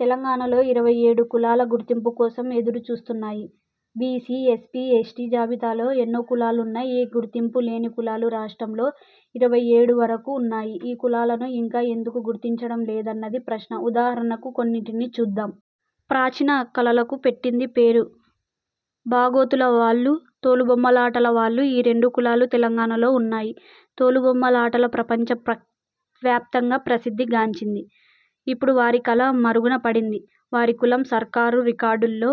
తెలంగాణలో ఇరవై ఏడు కులాలు గుర్తింపు కోసం ఎదురు చూస్తున్నాయి. బీసీ, ఎస్సీ, ఎస్టీ జాబితాలలో ఎన్నో కులాలున్నా, ఏ గుర్తింపు లేని కులాలు రాష్ట్రంలో ఇరవై ఏడు వరకు ఉన్నాయి. ఈ కులాలను ఇంకా ఎందుకు గుర్తించడం లేదన్నది ప్రశ్న. ఉదాహరణకు కొన్నింటిని చూద్దాం. ప్రాచిన కళలకు పెట్టింది పేరు బాగోతుల వాళ్లు, తోలుబొమ్మలాటల వాళ్లు. ఈ రెండు కులాలు తెలంగాణలో ఉన్నాయి. తోలు బొమ్మలాట ప్రపంచ ప్రవ్యాప్తంగా ప్రసిద్ధి గాంచింది. ఇప్పుడు వారి కళ మరుగున పడింది. వారి కులం సర్కారు రికార్డుల్లో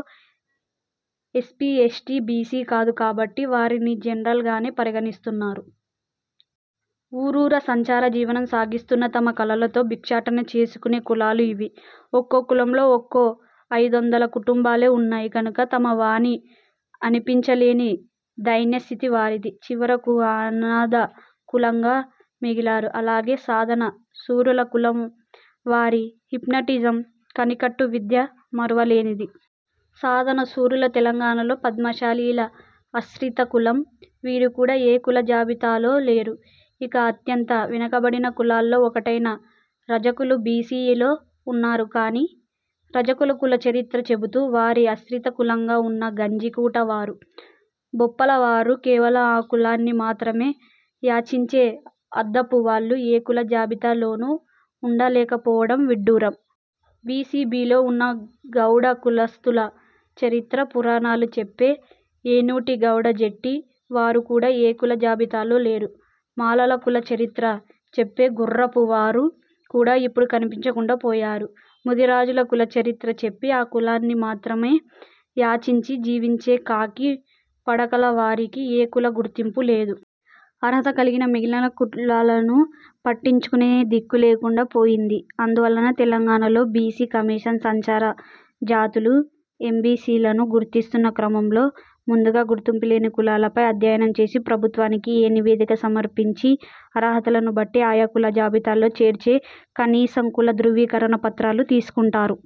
ఎస్సీ, ఎస్టీ, బీసీ కాదు కాబట్టి వారిని జనరల్ గానే పరిగణిస్తున్నారు. ఊరూరా సంచార జీవనం సాగిస్తూన తమ కళలతో భిక్షాటన చేసుకునే కులాలు ఇవి. ఒక్కో కులంలో ఓ ఐదొందల కుటుంబాలే ఉన్నాయి కనుక తమ వాణి వినిపించ లేని దైన్య స్థితి వారిది. చివరకు అనాథ కులంగా మిగిలారు. అలాగే, సాదనా సూరుల కులం వారి హిప్నాటిజం, కనికట్టు విద్య మరువ లేనిది. సాదనా సూరులు తెలంగాణలో పద్మశాలీల ఆశ్రిత కులం. వీరు కూడా ఏ కుల జాబితాలో లేరు. ఇక అత్యంత వెనుకబడిన కులాల్లో ఒకటైన రజకులు బీసీ ఏలో ఉన్నారు కానీ, రజకుల కుల చరిత్ర చెబుతూ వారి ఆశ్రిత కులంగా ఉన్న గంజి కూట వారు, బొప్పల వారు, కేవలం ఆ కులాన్ని మాత్రమే యాచించే అద్దపు వాళ్లు ఏ కుల జాబితా లోనూ లేకుండా పోవడం విడ్డూరం. బీసీ, బీలో ఉన్న గౌడ కులస్థుల చరిత్ర, పురాణాలు చెప్పే ఏనూటి, గౌడ జెట్టి వారు కూడా ఏ కుల జాబితాలో లేరు. మాలల కుల చరిత్ర చెప్పే గుర్రపు వారు కూడా ఇప్పుడు కనిపించకుండా పోయారు. ముది రాజుల కుల చరిత్ర చెప్పి ఆ కులాన్ని మాత్రమే యాచించి జీవించే కాకి పడకల వారికీ ఏ కుల గుర్తింపు లేదు. అర్హత కలిగిన మిగిలిన కులాలను పట్టించుకునే దిక్కు లేకుండా పోయింది. అందువల్ల, తెలంగాణ లో బీసీ కమిషన్ సంచార జాతులు, ఎంబీసీలను గుర్తిస్తున్న క్రమంలో ముందుగా గుర్తింపు లేని కులాలపై అధ్యయనం చేసి ప్రభుత్వానికి ఓ నివేదిక సమర్పించి, అర్హతలను బట్టి ఆయా కుల జాబితాల్లో చేర్చితే, కనీసం కుల ధ్రువీకరణ పత్రాలు తీసుకుంటారు.